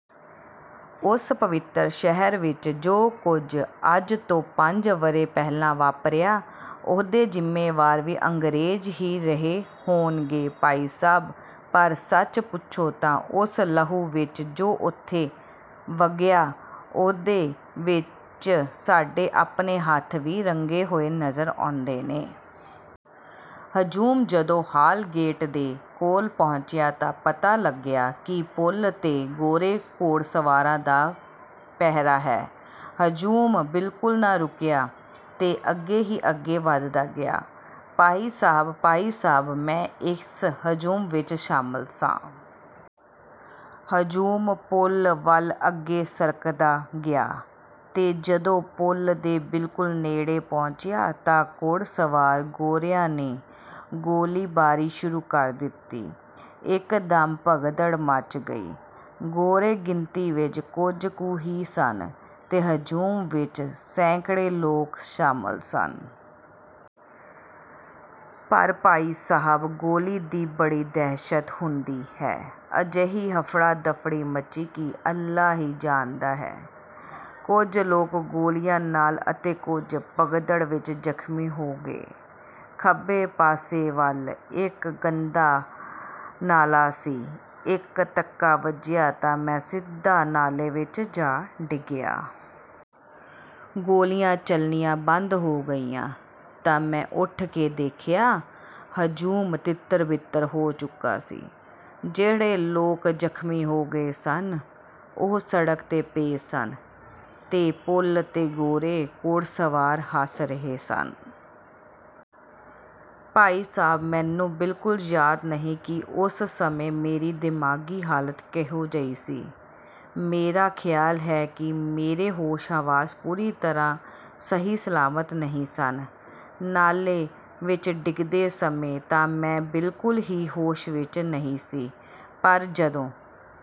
ਉਸ ਪਵਿੱਤਰ ਸ਼ਹਿਰ ਵਿੱਚ ਜੋ ਕੁਝ ਅੱਜ ਤੋਂ ਪੰਜ ਵਰ੍ਹੇ ਪਹਿਲਾਂ ਵਾਪਰਿਆ, ਉਹਦੇ ਜ਼ਿੰਮੇਵਾਰ ਵੀ ਅੰਗਰੇਜ਼ ਹੀ ਰਹੇ ਹੋਣਗੇ ਭਾਈ ਸਾਹਿਬ। ਪਰ ਸੱਚ ਪੁੱਛੋ ਤਾਂ ਉਸ ਲਹੂ ਵਿੱਚ ਜੋ ਉੱਥੇ ਵਗਿਆ, ਉਹਦੇ ਵਿੱਚ ਸਾਡੇ ਆਪਣੇ ਹੱਥ ਵੀ ਰੰਗੇ ਹੋਏ ਨਜ਼ਰ ਆਉਂਦੇ ਨੇ। ਹਜੂਮ ਜਦੋਂ ਹਾਲ ਗੇਟ ਦੇ ਕੋਲ ਪਹੁੰਚਿਆ ਤਾਂ ਪਤਾ ਲੱਗਿਆ ਕਿ ਪੁਲ 'ਤੇ ਗੋਰੇ ਘੋੜਸਵਾਰਾਂ ਦਾ ਪਹਿਰਾ ਹੈ। ਹਜੂਮ ਬਿਲਕੁਲ ਨਾ ਰੁਕਿਆ ਤੇ ਅੱਗੇ ਹੀ ਅੱਗੇ ਵਧਦਾ ਗਿਆ। ਭਾਈ ਸਾਹਿਬ, ਭਾਈ ਸਾਹਿਬ ਮੈਂ ਇਸ ਹਜੂਮ ਵਿੱਚ ਸ਼ਾਮਲ ਸਾਂ। ਹਜੂਮ ਪੁਲ ਵੱਲ ਅੱਗੇ ਸਰਕਦਾ ਗਿਆ ਤੇ ਜਦੋਂ ਪੁਲ ਦੇ ਬਿਲਕੁਲ ਨੇੜੇ ਪਹੁੰਚਿਆ ਤਾਂ ਘੋੜਸਵਾਰ ਗੋਰਿਆਂ ਨੇ ਗੋਲੀਬਾਰੀ ਸ਼ੁਰੂ ਕਰ ਦਿੱਤੀ। ਇੱਕਦਮ ਭਗਦੜ ਮੱਚ ਗਈ। ਗੋਰੇ ਗਿਣਤੀ ਵਿੱਚ ਕੁਝ ਕੁ ਹੀ ਸਨ ਤੇ ਹਜੂਮ ਵਿੱਚ ਸੈਂਕੜੇ ਲੋਕ ਸ਼ਾਮਲ ਸਨ। ਪਰ ਭਾਈ ਸਾਹਿਬ ਗੋਲੀ ਦੀ ਬੜੀ ਦਹਿਸ਼ਤ ਹੁੰਦੀ ਹੈ। ਅਜਿਹੀ ਹਫੜਾ-ਦਫੜੀ ਮੱਚੀ ਕਿ ਅੱਲ੍ਹਾ ਹੀ ਜਾਣਦਾ ਹੈ। ਕੁਝ ਲੋਕ ਗੋਲੀਆਂ ਨਾਲ ਅਤੇ ਕੁਝ ਭਗਦੜ ਵਿੱਚ ਜ਼ਖ਼ਮੀ ਹੋ ਗਏ। ਖੱਬੇ ਪਾਸੇ ਵੱਲ ਇੱਕ ਗੰਦਾ ਨਾਲਾ ਸੀ; ਇੱਕ ਧੱਕਾ ਵੱਜਿਆ ਤਾਂ ਮੈਂ ਸਿੱਧਾ ਨਾਲੇ ਵਿੱਚ ਜਾ ਡਿੱਗਿਆ। ਗੋਲੀਆਂ ਚਲਣੀਆਂ ਬੰਦ ਹੋ ਗਈਆਂ ਤਾਂ ਮੈਂ ਉੱਠ ਕੇ ਦੇਖਿਆ ਹਜੂਮ ਤਿੱਤਰ-ਬਿੱਤਰ ਹੋ ਚੁੱਕਾ ਸੀ। ਜਿਹੜੇ ਲੋਕ ਜ਼ਖ਼ਮੀ ਹੋ ਗਏ ਸਨ, ਉਹ ਸੜਕ 'ਤੇ ਪਏ ਸਨ ਤੇ ਪੁਲ 'ਤੇ ਗੋਰੇ ਘੋੜਸਵਾਰ ਹੱਸ ਰਹੇ ਸਨ। ਭਾਈ ਸਾਹਿਬ ਮੈਨੂੰ ਬਿਲਕੁਲ ਯਾਦ ਨਹੀਂ ਕਿ ਉਸ ਸਮੇਂ ਮੇਰੀ ਦਿਮਾਗ਼ੀ ਹਾਲਤ ਕਿਹੋ ਜਿਹੀ ਸੀ। ਮੇਰਾ ਖਿਆਲ ਹੈ ਕਿ ਮੇਰੇ ਹੋਸ਼-ਹਵਾਸ ਪੂਰੀ ਤਰ੍ਹਾਂ ਸਹੀ ਸਲਾਮਤ ਨਹੀਂ ਸਨ। ਨਾਲੇ ਵਿੱਚ ਡਿੱਗਦੇ ਸਮੇਂ ਤਾਂ ਮੈਂ ਬਿਲਕੁਲ ਹੀ ਹੋਸ਼ ਵਿੱਚ ਨਹੀਂ ਸੀ। ਪਰ ਜਦੋਂ